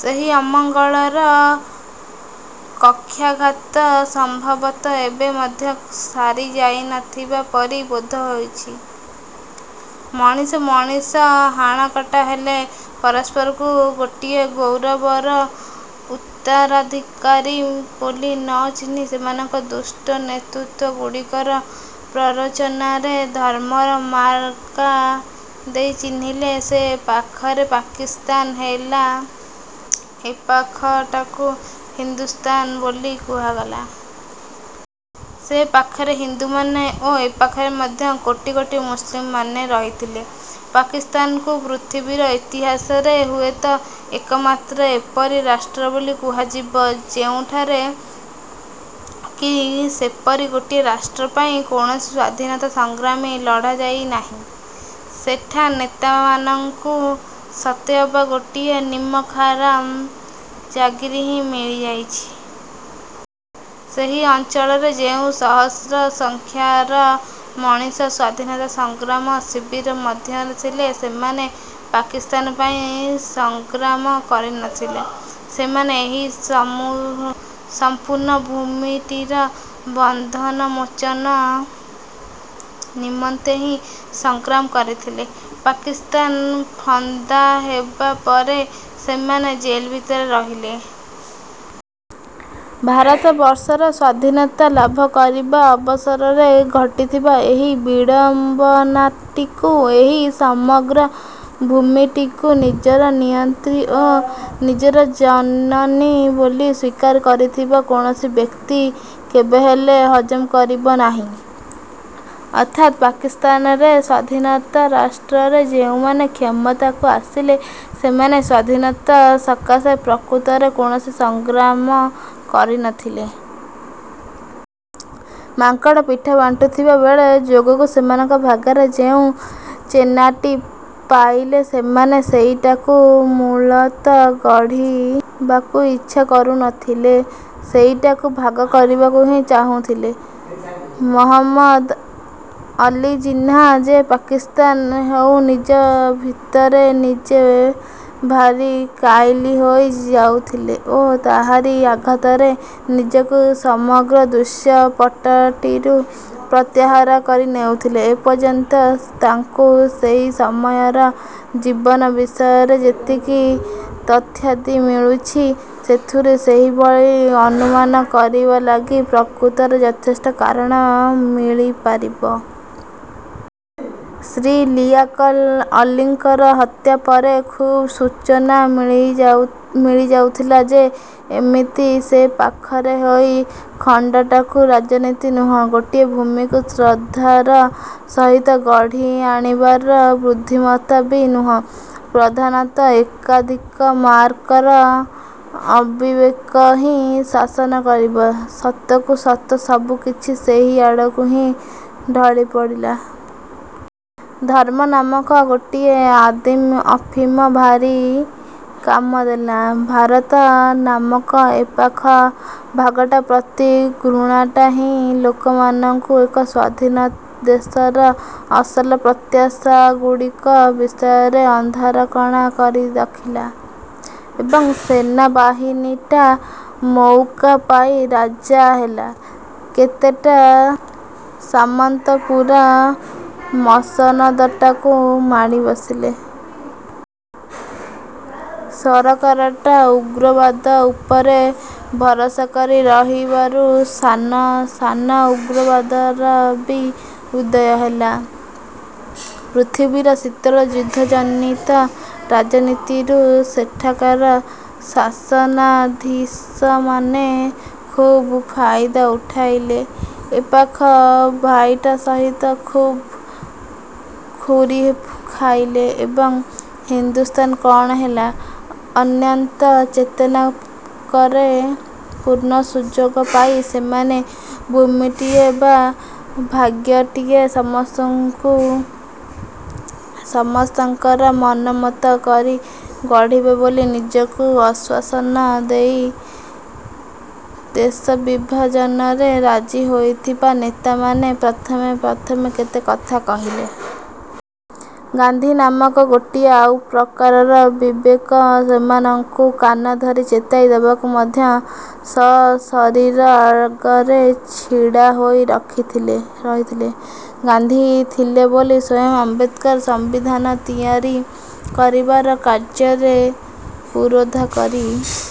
ସେହି ଅମଙ୍ଗଳର କକ୍ଷାଘାତ ସମ୍ଭବତଃ ଏବେ ମଧ୍ୟ ସାରି ଯାଇନଥିବା ପରି ବୋଧ ହେଉଛି। ମଣିଷ ମଣିଷ ହାଣକାଟ ହେଲେ। ପରସ୍ପରକୁ ଗୋଟିଏ ଗୌରବର ଉତ୍ତରାଧିକାରୀ ବୋଲି ନ ଚିହ୍ନି ସେମାନେ ଦୁଷ୍ଟ ନେତୃତ୍ଵ ଗୁଡ଼ିକର ପ୍ରରୋଚନାରେ ଧର୍ମର ମାର୍କା ଦେଇ ଚିହ୍ନିଲେ। ସେ ପାଖରେ ପାକିସ୍ତାନ ହେଲା, ଏ ପାଖଟାକୁ ହିନ୍ଦୁସ୍ତାନ ବୋଲି କୁହାଗଲା। ସେ ପାଖରେ ହିନ୍ଦୁମାନେ ଓ ଏପାଖରେ ମଧ୍ୟ କୋଟି କୋଟି ମୁସଲମାନ ରହିଥିଲେ। ପାକିସ୍ତାନକୁ ପୃଥିବୀର ଇତିହାସରେ ହୁଏତ ଏକମାତ୍ର ଏପରି ରାଷ୍ଟ୍ର ବୋଲି କୁହାଯିବ ଯେଉଁଠାରେ କି ସେପରି ଗୋଟିଏ ରାଷ୍ଟ୍ର ପାଇଁ କୌଣସି ସ୍ୱାଧୀନତା ସଂଗ୍ରାମ ଲଢ଼ାଯାଇ ନାହିଁ। ସେଠା ନେତାମାନଙ୍କୁ ସତେଅବା ଗୋଟାଏ ନିମକହାରାମ ଜାଗିରି ହିଁ ମିଳିଯାଇଛି। ସେହି ଅଞ୍ଚଳରେ ଯେଉଁ ସହସ୍ର ସଂଖ୍ୟାର ମଣିଷ ସ୍ଵାଧୀନତା ସଂଗ୍ରାମର ଶିବିର ମଧ୍ୟରେ ଥିଲେ ସେମାନେ ପାକିସ୍ତାନ ପାଇଁ ସଂଗ୍ରାମ କରିନଥିଲେ, ସେମାନେ ଏହି ସମ୍ପୂର୍ଣ୍ଣ ଭୂମିଟିର ବନ୍ଧନମୋଚନ ନିମନ୍ତେ ହିଁ ସଂଗ୍ରାମ କରିଥିଲେ। ପାକିସ୍ତାନ ଫନ୍ଦା ହେବା ପରେ ସେମାନେ ଜେଲ ଭିତରେ ରହିଲେ। ଭାରତବର୍ଷର ସ୍ଵାଧୀନତା ଲାଭ କରିବାର ଅବସରରେ ଘଟିଥିବା ଏହି ବିଡ଼ମ୍ବନାଟିକୁ ଏହି ସମଗ୍ର ଭୂମିଟିକୁ ନିଜର ନିୟତି ଓ ନିଜର ଜନନୀ ବୋଲି ସ୍ୱୀକାର କରୁଥିବା କୌଣସି ବ୍ୟକ୍ତି କେବେହେଲେ ହଜମ କରିପାରିବ ନାହିଁ। ଅର୍ଥାତ୍ ପାକିସ୍ତାନରେ ସ୍ଵାଧୀନ ରାଷ୍ଟ୍ରରେ ଯେଉଁମାନେ କ୍ଷମତାକୁ ଆସିଲେ, ସେମାନେ ସ୍ୱାଧୀନତା ସକାଶେ ପ୍ରକୃତରେ କୌଣସି ସଂଗ୍ରାମ କରିନଥିଲେ। ମାଙ୍କଡ଼ ପିଠା ବାଣ୍ଟୁଥିବା ବେଳେ ଯୋଗକୁ ସେମାନଙ୍କ ଭାଗରେ ଯେଉଁ ଚେନାଟି ପାଇଲେ ସେମାନେ ସେଇଟାକୁ ମୂଳତଃ ଗଢ଼ିବାକୁ ଇଚ୍ଛା କରୁନଥିଲେ, ସେଇଟାକୁ ଭାଗ କରିବାକୁ ହିଁ ଚାହୁଥିଲେ। ମହମ୍ମଦ ଅଲ୍ଲି ଜିନ୍ନା ଯେ ପାକିସ୍ତାନ ହେଉ ନିଜ ଭିତରେ ନିଜେ ଭାରି କାଇଲି ହୋଇ ଯାଉଥିଲେ ଓ ତାହାରି ଆଘାତରେ ନିଜକୁ ସମଗ୍ର ଦୃଶ୍ୟପଟଟିରୁ ପ୍ରତ୍ୟାହାର କରି ନେଉଥିଲେ, ଏପର୍ଯ୍ୟନ୍ତ ତାଙ୍କୁ ସେହି ସମୟର ଜୀବନ ବିଷୟରେ ଯେତିକି ତଥ୍ୟାଦି ମିଳୁଛି, ସେଥିରୁ ସେହିଭଳି ଅନୁମାନ କରିବା ଲାଗି ପ୍ରକୃତରେ ଯଥେଷ୍ଟ କାରଣ ମିଳିପାରିବ। ଶ୍ରୀ ଲିଆକତ୍ ଅଲ୍ଲୀଙ୍କର ହତ୍ୟା ପରେ ଖୁବ୍ ସୂଚନା ମିଳିଯାଉଥିଲା ଯେ ଏଣିକି ସେପାଖର ସେହି ଖଣ୍ଡଟାକୁ ରାଜନୀତି ନୁହେଁ, ଗୋଟିଏ ଭୂମିକୁ ଶ୍ରଦ୍ଧାର ସହିତ ଗଢ଼ି ଆଣିବାର ବୁଦ୍ଧିମତ୍ତା ବି ନୁହେଁ, ପ୍ରଧାନତଃ ଏକାଧିକ ମାର୍କାର ଅବିବେକ ହିଁ ଶାସନ କରିବ। ସତକୁ ସତ ସବୁ କିଛି ସେହି ଆଡ଼କୁ ହଁ ଢଳି ପଡ଼ିଲା। ଧର୍ମ ନାମକ ଗୋଟାଏ ଆଦିମ ଅଫିମ ଭାରି କାମ ଦେଲା। ଭାରତ ନାମକ ଏପାଖ ଭାଗଟା ପ୍ରତି ଘୃଣାଟା ହିଁ ଲୋକମାନଙ୍କୁ ଏକ ସ୍ୱାଧୀନ ଦେଶର ଅସଲ ପ୍ରତ୍ୟାଶାଗୁଡ଼ିକ ବିଷୟରେ ଅନ୍ଧାରକଣା କରି ରଖିଲା। ଏବଂ ସେନା ବାହିନୀଟା ମଉକା ପାଇ ରାଜା ହେଲା। କେତେଟା ସାମନ୍ତ ପୂରା ମସନଦଟାକୁ ମାଡ଼ି ବସିଲେ। ସରକାରଟା ଉଗ୍ରବାଦ ଉପରେ ଭରସା କରି ରହିବାରୁ ସାନ। ସାନ ଉଗ୍ରବାଦର ବି ଉଦୟ ହେଲା। ପୃଥିବୀର ଶୀତଳ ଯୁଦ୍ଧଜନିତ ରାଜନୀତିରୁ ସେଠାକାର ଶାସନାଧୀଶମାନେ ଖୁବ୍ ଫାଇଦା ଉଠାଇଲେ। ଏପାଖ ଭାଇଟା ସହିତ ଖୁବ ଖୁରି ଖାଇଲେ। ଏବଂ ହିନ୍ଦୁସ୍ତାନର କଣ ହେଲା? ଅନ୍ତତଃ ଚେନାକରେ ପୂର୍ଣ୍ଣ ସୁଯୋଗ ପାଇ ସେମାନେ ଭୁମିଟିଏ ବା ଭାଗ୍ୟଟିଏ ସମସ୍ତଙ୍କର ମନୋମତ କରି ଗଢ଼ିବେ ବୋଲି ନିଜକୁ ଆଶ୍ୱାସନା ଦେଇ ଦେଶ ବିଭାଜନରେ ରାଜି ହୋଇଥିବା ନେତାମାନେ ପ୍ରଥମେ ପ୍ରଥମେ କେତେ କଥା କହିଲେ। ଗାନ୍ଧୀ ନାମକ ଗୋଟାଏ ଆଉ ପ୍ରକାରର ବିବେକ ସେମାନଙ୍କୁ କାନ ଧରି ଚେତାଇ ଦେବାକୁ ମଧ୍ୟ ସଶରୀର ଆଗରେ ଛିଡ଼ା ହୋଇ ରହିଥିଲା। ଗାନ୍ଧୀ ଥିଲେ ବୋଲି ସ୍ୱୟଂ ଆମ୍ବେଦକରଙ୍କୁ ସମ୍ବିଧାନ ତିଆରି କରିବାର କାର୍ଯ୍ୟରେ ପୁରୋଧା କରି